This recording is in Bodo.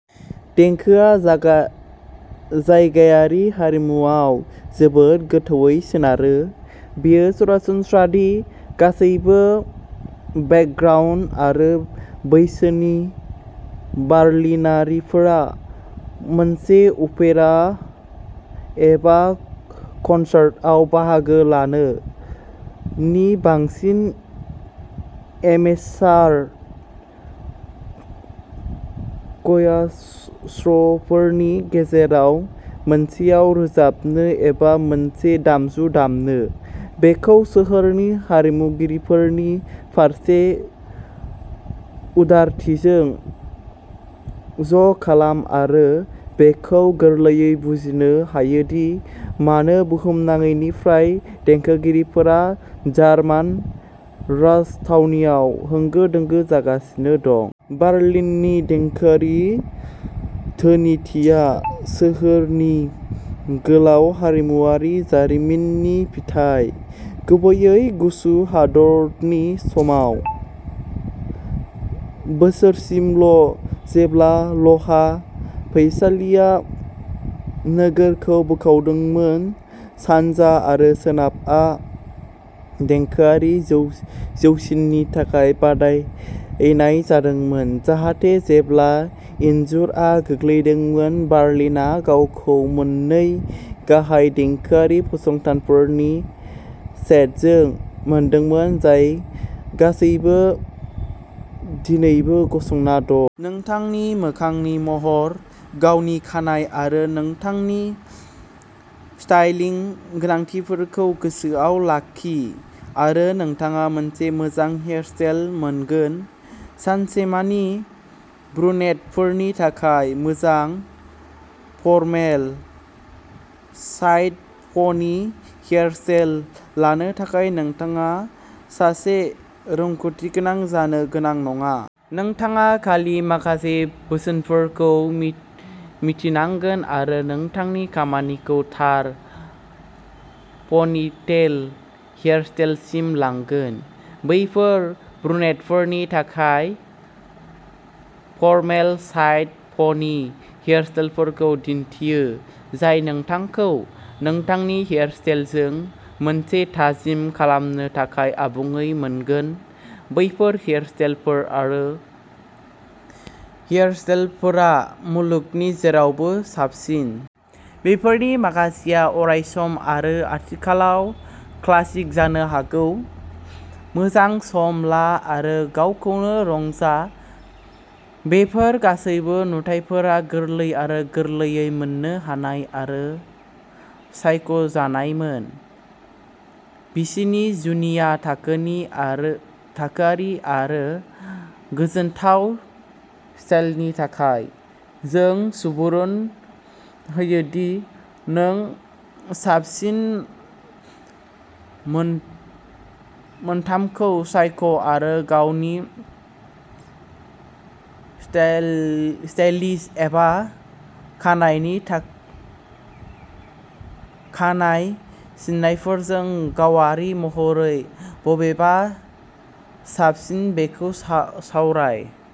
देंखोआ जायगायारि हारिमुआव जोबोद गोथौवै सोनारो। बेयो सरासनस्रा दि गासैबो बेकग्राउन्ड आरो बैसोनि बार्लिनारिफोरा मोनसे अपेरा एबा कनसार्टआव बाहागो लानो, नि बांसिन एमेचार क'यार्सफोरनि गेजेराव मोनसेयाव रोजाबनो, एबा मोनसे दामजु दामनो। बेखौ सोहोरनि आरिमुगिरिफोरनि फारसे उदारथिजों ज'खालाम आरो बेखौ गोरलैयै बुजिनो हायो दि मानो बुहुमनाङैनिफ्राय देंखोगिरिफोरा जार्मान राजथावनिआव होंगो-दोंगो जागासिनो दं। बार्लिन्नि देंखोआरि धोनिथिया सोहोरनि गोलाव हारिमुआरि जारिमिननि फिथाय, गुबैयै गुसु दावहानि समावः बोसोरसिम जेब्ला लहा फैसालिआ नोगोरखौ बोखावदोंमोन, सानजा आरो सोनाबआ देंखोआरि गोजौसिननि थाखाय बादायनाय जादोंमोन, जाहाथे जेब्ला इनजुरआ गोग्लैदोंमोन, बार्लिना गावखौ मोननै गाहाय देंखोआरि फसंथानफोरनि सेटजों मोनदोंमोन, जाय गासैबो दिनैबो गसंना दं। नोंथांनि मोखांनि महर, गावनि खानाय, आरो नोंथांनि स्टाइलिं गोनांथिफोरखौ गोसोआव लाखि आरो नोंथाङा मोनसे मोजां हेयारस्टाइल मोनगोन। सानसेमानि ब्रुनेटफोरनि थाखाय मोजां फरमेल साइड पनि हेयारस्टाइलफोर लानो थाखाय नोंथाङा सासे रोंग'थिगोनां जानो गोनां नङा। नोंथाङा खालि माखासे बोसोनफोरखौ मिथिनांगोन आरो नोंथांनि खामानिखौ थार पनिटेल हेयारस्टाइलसिम लांनांगोन। बेफोर ब्रुनेटफोरनि थाखाय फरमेल साइड पनि हेयारस्टाइलफोरखौ दिन्थियो, जाय नोंथांखौ नोंथांनि हेयारस्टाइलिस्टजों मोनसे थाजिम खालामनो थाखाय आबुङै मोनगोन। बेफोर हेयारस्टाइलफोर आरो हेयारकाटफोरा मुलुगनि जेरावबो साबसिन। बेफोरनि माखासेआ अरायसम आरो आथिखालाव क्लासिक जानो हागौ। मोजां सम ला आरो गावखौनो रंजा, बेफोर गासैबो नुथाइफोरा गोरलै आरो गोरलैयै मोननो हानाय आरो सायख'जानायमोन। बिसोरनि जुनिया थाखोआरि आरो गोजोनथाव स्टाइलनि थाखाय। जों सुबुरुन होयो दि नों साबसिन मोनथामखौ सायख'आरो गावनि स्टाइलिस्ट एबा खानाइनि खानाय सिनग्राफोरजों गावारि महरै बबेआ साबसिन बेखौ सावराय।